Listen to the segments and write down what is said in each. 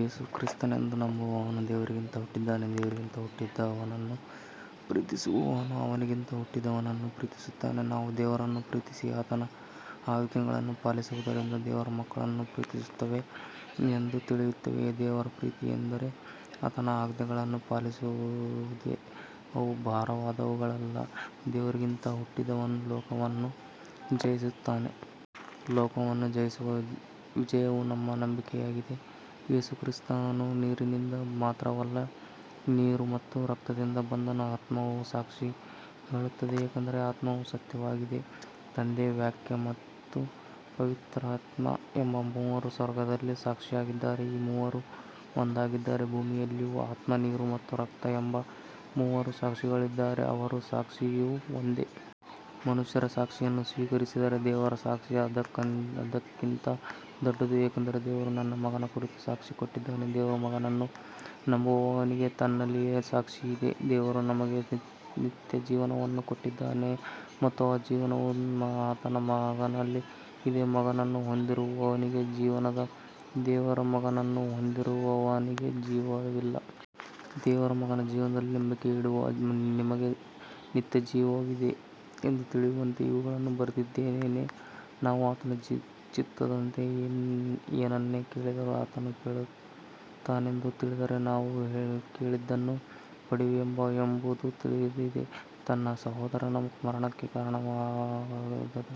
ಯೇಸು ಕ್ರಿಸ್ತನೆಂದು ನಂಬುವವನು ದೇವರಿಂದ ಹುಟ್ಟಿದ್ದಾನೆ. ದೇವರಿಂದ ಹುಟ್ಟಿದವನನ್ನು ಪ್ರೀತಿಸುವವನು ಅವನಿಂದ ಹುಟ್ಟಿದವನನ್ನೂ ಪ್ರೀತಿಸುತ್ತಾನೆ. ನಾವು ದೇವರನ್ನು ಪ್ರೀತಿಸಿ ಆತನ ಆಜ್ಞೆಗಳನ್ನು ಪಾಲಿಸುವುದರಿಂದ ದೇವರ ಮಕ್ಕಳನ್ನು ಪ್ರೀತಿಸುತ್ತೇವೆ ಎಂದು ತಿಳಿಯುತ್ತೇವೆ. ದೇವರ ಪ್ರೀತಿಯೆಂದರೆ ಆತನ ಆಜ್ಞೆಗಳನ್ನು ಪಾಲಿಸುವುದೇ, ಅವು ಭಾರವಾದವುಗಳಲ್ಲ. ದೇವರಿಂದ ಹುಟ್ಟಿದವನು ಲೋಕವನ್ನು ಜಯಿಸುತ್ತಾನೆ. ಲೋಕವನ್ನು ಜಯಿಸುವ ವಿಜಯವು ನಮ್ಮ ನಂಬಿಕೆಯಾಗಿದೆ. ಯೇಸು ಕ್ರಿಸ್ತನು ನೀರಿನಿಂದ ಮಾತ್ರವಲ್ಲ, ನೀರು ಮತ್ತು ರಕ್ತದಿಂದ ಬಂದನು. ಆತ್ಮವೂ ಸಾಕ್ಷಿ ಹೇಳುತ್ತದೆ, ಏಕೆಂದರೆ ಆತ್ಮವು ಸತ್ಯವಾಗಿದೆ. ತಂದೆ, ವಾಕ್ಯ ಮತ್ತು ಪವಿತ್ರಾತ್ಮ ಎಂಬ ಮೂವರು ಸ್ವರ್ಗದಲ್ಲಿ ಸಾಕ್ಷಿಯಾಗಿದ್ದಾರೆ, ಈ ಮೂವರು ಒಂದಾಗಿದ್ದಾರೆ. ಭೂಮಿಯಲ್ಲಿಯೂ ಆತ್ಮ, ನೀರು ಮತ್ತು ರಕ್ತ ಎಂಬ ಮೂವರು ಸಾಕ್ಷಿಗಳಿದ್ದಾರೆ, ಅವರ ಸಾಕ್ಷಿಯೂ ಒಂದೇ. ಮನುಷ್ಯರ ಸಾಕ್ಷಿಯನ್ನು ಸ್ವೀಕರಿಸಿದರೆ ದೇವರ ಸಾಕ್ಷಿ ಅದಕ್ಕಿಂತ ದೊಡ್ಡದು, ಏಕೆಂದರೆ ದೇವರು ತನ್ನ ಮಗನ ಕುರಿತು ಸಾಕ್ಷಿ ಕೊಟ್ಟಿದ್ದಾನೆ. ದೇವರ ಮಗನನ್ನು ನಂಬುವವನಿಗೆ ತನ್ನಲ್ಲಿಯೇ ಸಾಕ್ಷಿಯಿದೆ. ದೇವರು ನಮಗೆ ನಿತ್ಯಜೀವವನ್ನು ಕೊಟ್ಟಿದ್ದಾನೆ ಮತ್ತು ಆ ಜೀವವು ಆತನ ಮಗನಲ್ಲಿ ಇದೆ. ಮಗನನ್ನು ಹೊಂದಿರುವವನಿಗೆ ಜೀವವಿದೆ, ದೇವರ ಮಗನನ್ನು ಹೊಂದಿರದವನಿಗೆ ಜೀವವಿಲ್ಲ. ದೇವರ ಮಗನ ಹೆಸರಿನಲ್ಲಿ ನಂಬಿಕೆಯಿಡುವ ನಿಮಗೆ ನಿತ್ಯಜೀವವಿದೆ ಎಂದು ತಿಳಿಯುವಂತೆ ಇವುಗಳನ್ನು ಬರೆದಿದ್ದೇನೆ. ನಾವು ಆತನ ಚಿತ್ತದಂತೆ ಏನನ್ನೇ ಕೇಳಿದರೂ ಆತನು ಕೇಳುತ್ತಾನೆಂದು ತಿಳಿದರೆ, ನಾವು ಕೇಳಿದ್ದನ್ನು ಪಡೆಯುತ್ತೇವೆ ಎಂಬುದೂ ತಿಳಿದಿದೆ. ತನ್ನ ಸಹೋದರನು ಮರಣಕ್ಕೆ ಕಾರಣವಾಗದ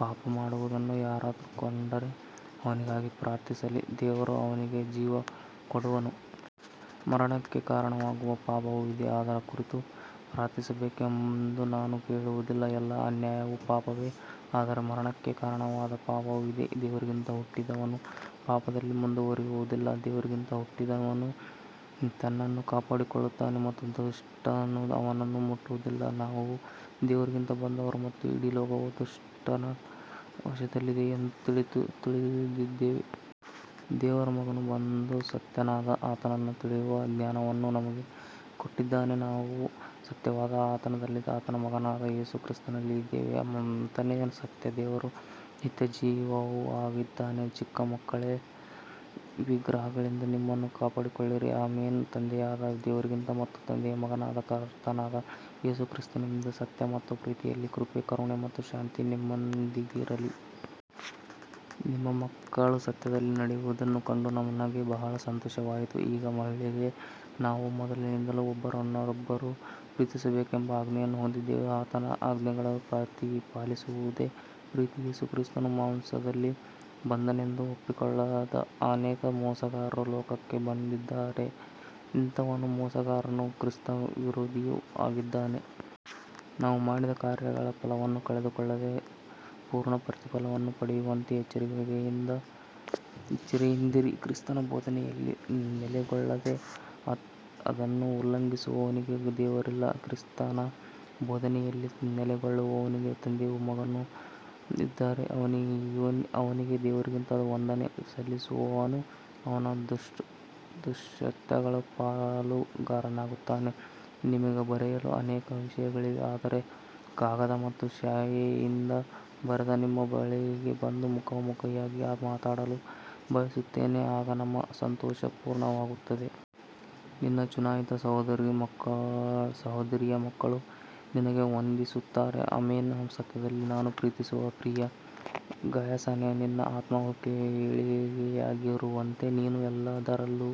ಪಾಪ ಮಾಡುವುದನ್ನು ಯಾರಾದರೂ ಕಂಡರೆ ಅವನಿಗಾಗಿ ಪ್ರಾರ್ಥಿಸಲಿ, ದೇವರು ಅವನಿಗೆ ಜೀವ ಕೊಡುವನು. ಮರಣಕ್ಕೆ ಕಾರಣವಾಗುವ ಪಾಪವೂ ಇದೆ, ಅದರ ಕುರಿತು ಪ್ರಾರ್ಥಿಸಬೇಕೆಂದು ನಾನು ಹೇಳುವುದಿಲ್ಲ. ಎಲ್ಲಾ ಅನ್ಯಾಯವೂ ಪಾಪವೇ, ಆದರೆ ಮರಣಕ್ಕೆ ಕಾರಣವಾಗದ ಪಾಪವೂ ಇದೆ. ದೇವರಿಂದ ಹುಟ್ಟಿದವನು ಪಾಪದಲ್ಲಿ ಮುಂದುವರಿಯುವುದಿಲ್ಲ, ದೇವರಿಂದ ಹುಟ್ಟಿದವನು ತನ್ನನ್ನು ಕಾಪಾಡಿಕೊಳ್ಳುತ್ತಾನೆ ಮತ್ತು ದುಷ್ಟನು ಅವನನ್ನು ಮುಟ್ಟುವುದಿಲ್ಲ. ನಾವು ದೇವರಿಂದ ಬಂದವರು ಮತ್ತು ಇಡೀ ಲೋಕವು ದುಷ್ಟನ ವಶದಲ್ಲಿದೆ ಎಂದು ತಿಳಿದಿದ್ದೇವೆ. ದೇವರ ಮಗನು ಬಂದು ಸತ್ಯನಾದ ಆತನನ್ನು ತಿಳಿಯುವ ಜ್ಞಾನವನ್ನು ನಮಗೆ ಕೊಟ್ಟಿದ್ದಾನೆ. ನಾವು ಸತ್ಯನಾದ ಆತನಲ್ಲಿ, ಆತನ ಮಗನಾದ ಯೇಸು ಕ್ರಿಸ್ತನಲ್ಲಿ ಇದ್ದೇವೆ. ಆತನೇ ಸತ್ಯ ದೇವರೂ ನಿತ್ಯಜೀವವೂ ಆಗಿದ್ದಾನೆ. ಚಿಕ್ಕ ಮಕ್ಕಳೇ, ವಿಗ್ರಹಗಳಿಂದ ನಿಮ್ಮನ್ನು ಕಾಪಾಡಿಕೊಳ್ಳಿರಿ. ಆಮೆನ್. ತಂದೆಯಾದ ದೇವರಿಂದ ಮತ್ತು ತಂದೆಯ ಮಗನಾದ ಕರ್ತನಾದ ಯೇಸು ಕ್ರಿಸ್ತನಿಂದ ಸತ್ಯ ಮತ್ತು ಪ್ರೀತಿಯಲ್ಲಿ ಕೃಪೆ, ಕರುಣೆ ಮತ್ತು ಶಾಂತಿ ನಿಮ್ಮೊಂದಿಗಿರಲಿ. ನಿಮ್ಮ ಮಕ್ಕಳು ಸತ್ಯದಲ್ಲಿ ನಡೆಯುವುದನ್ನು ಕಂಡು ನನಗೆ ಬಹಳ ಸಂತೋಷವಾಯಿತು. ಈಗ ಮಹಿಳೆಯೇ, ನಾವು ಮೊದಲಿನಿಂದಲೂ ಒಬ್ಬರನ್ನೊಬ್ಬರು ಪ್ರೀತಿಸಬೇಕೆಂಬ ಆಜ್ಞೆಯನ್ನು ಹೊಂದಿದ್ದೇವೆ. ಆತನ ಆಜ್ಞೆಗಳನ್ನು ಪಾಲಿಸುವುದೇ ಪ್ರೀತಿ. ಯೇಸು ಕ್ರಿಸ್ತನು ಮಾಂಸದಲ್ಲಿ ಬಂದನೆಂದು ಒಪ್ಪಿಕೊಳ್ಳದ ಅನೇಕ ಮೋಸಗಾರರು ಲೋಕಕ್ಕೆ ಬಂದಿದ್ದಾರೆ. ಇಂಥವನು ಮೋಸಗಾರನೂ ಕ್ರಿಸ್ತವಿರೋಧಿಯೂ ಆಗಿದ್ದಾನೆ. ನಾವು ಮಾಡಿದ ಕಾರ್ಯಗಳ ಫಲವನ್ನು ಕಳೆದುಕೊಳ್ಳದೆ ಪೂರ್ಣ ಪ್ರತಿಫಲವನ್ನು ಪಡೆಯುವಂತೆ ಎಚ್ಚರಿಕೆಯಿಂದಿರಿ. ಕ್ರಿಸ್ತನ ಬೋಧನೆಯಲ್ಲಿ ನೆಲೆಗೊಳ್ಳದೆ ಅದನ್ನು ಉಲ್ಲಂಘಿಸುವವನಿಗೆ ದೇವರಿಲ್ಲ. ಕ್ರಿಸ್ತನ ಬೋಧನೆಯಲ್ಲಿ ನೆಲೆಗೊಳ್ಳುವವನಿಗೆ ತಂದೆಯೂ ಮಗನೂ ಇದ್ದಾರೆ. ಅವನಿಗೆ ದೇವರಿಂದ ವಂದನೆ ಸಲ್ಲಿಸುವವನು ಅವನ ದುಷ್ಕೃತ್ಯಗಳಲ್ಲಿ ಪಾಲುಗಾರನಾಗುತ್ತಾನೆ. ನಿಮಗೆ ಬರೆಯಲು ಅನೇಕ ವಿಷಯಗಳಿವೆ, ಆದರೆ ಕಾಗದ ಮತ್ತು ಶಾಯಿಯಿಂದ ಬರೆಯದೆ ನಿಮ್ಮ ಬಳಿಗೆ ಬಂದು ಮುಖಾಮುಖಿಯಾಗಿ ಮಾತನಾಡಲು ಬಯಸುತ್ತೇನೆ, ಆಗ ನಮ್ಮ ಸಂತೋಷವು ಪೂರ್ಣವಾಗುತ್ತದೆ. ನಿನ್ನ ಚುನಾಯಿತ ಸಹೋದರಿಯ ಮಕ್ಕಳು ನಿನಗೆ ವಂದಿಸುತ್ತಾರೆ. ಆಮೆನ್. ಸತ್ಯದಲ್ಲಿ ನಾನು ಪ್ರೀತಿಸುವ ಪ್ರಿಯ ಗಾಯಸನೇ, ನಿನ್ನ ಆತ್ಮವು ಏಳಿಗೆಯಾಗಿರುವಂತೆ ನೀನು ಎಲ್ಲದರಲ್ಲಿಯೂ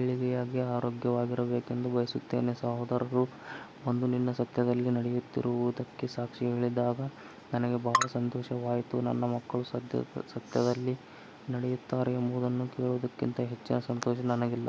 ಏಳಿಗೆಯಾಗಿ ಆರೋಗ್ಯವಾಗಿರಬೇಕೆಂದು ಬಯಸುತ್ತೇನೆ. ಸಹೋದರರು ಬಂದು ನೀನು ಸತ್ಯದಲ್ಲಿ ನಡೆಯುತ್ತಿರುವುದಕ್ಕೆ ಸಾಕ್ಷಿ ಹೇಳಿದಾಗ ನನಗೆ ಬಹಳ ಸಂತೋಷವಾಯಿತು. ನನ್ನ ಮಕ್ಕಳು ಸತ್ಯದಲ್ಲಿ ನಡೆಯುತ್ತಾರೆ ಎಂಬುದನ್ನು ಕೇಳುವುದಕ್ಕಿಂತ ಹೆಚ್ಚಿನ ಸಂತೋಷ ನನಗಿಲ್ಲ.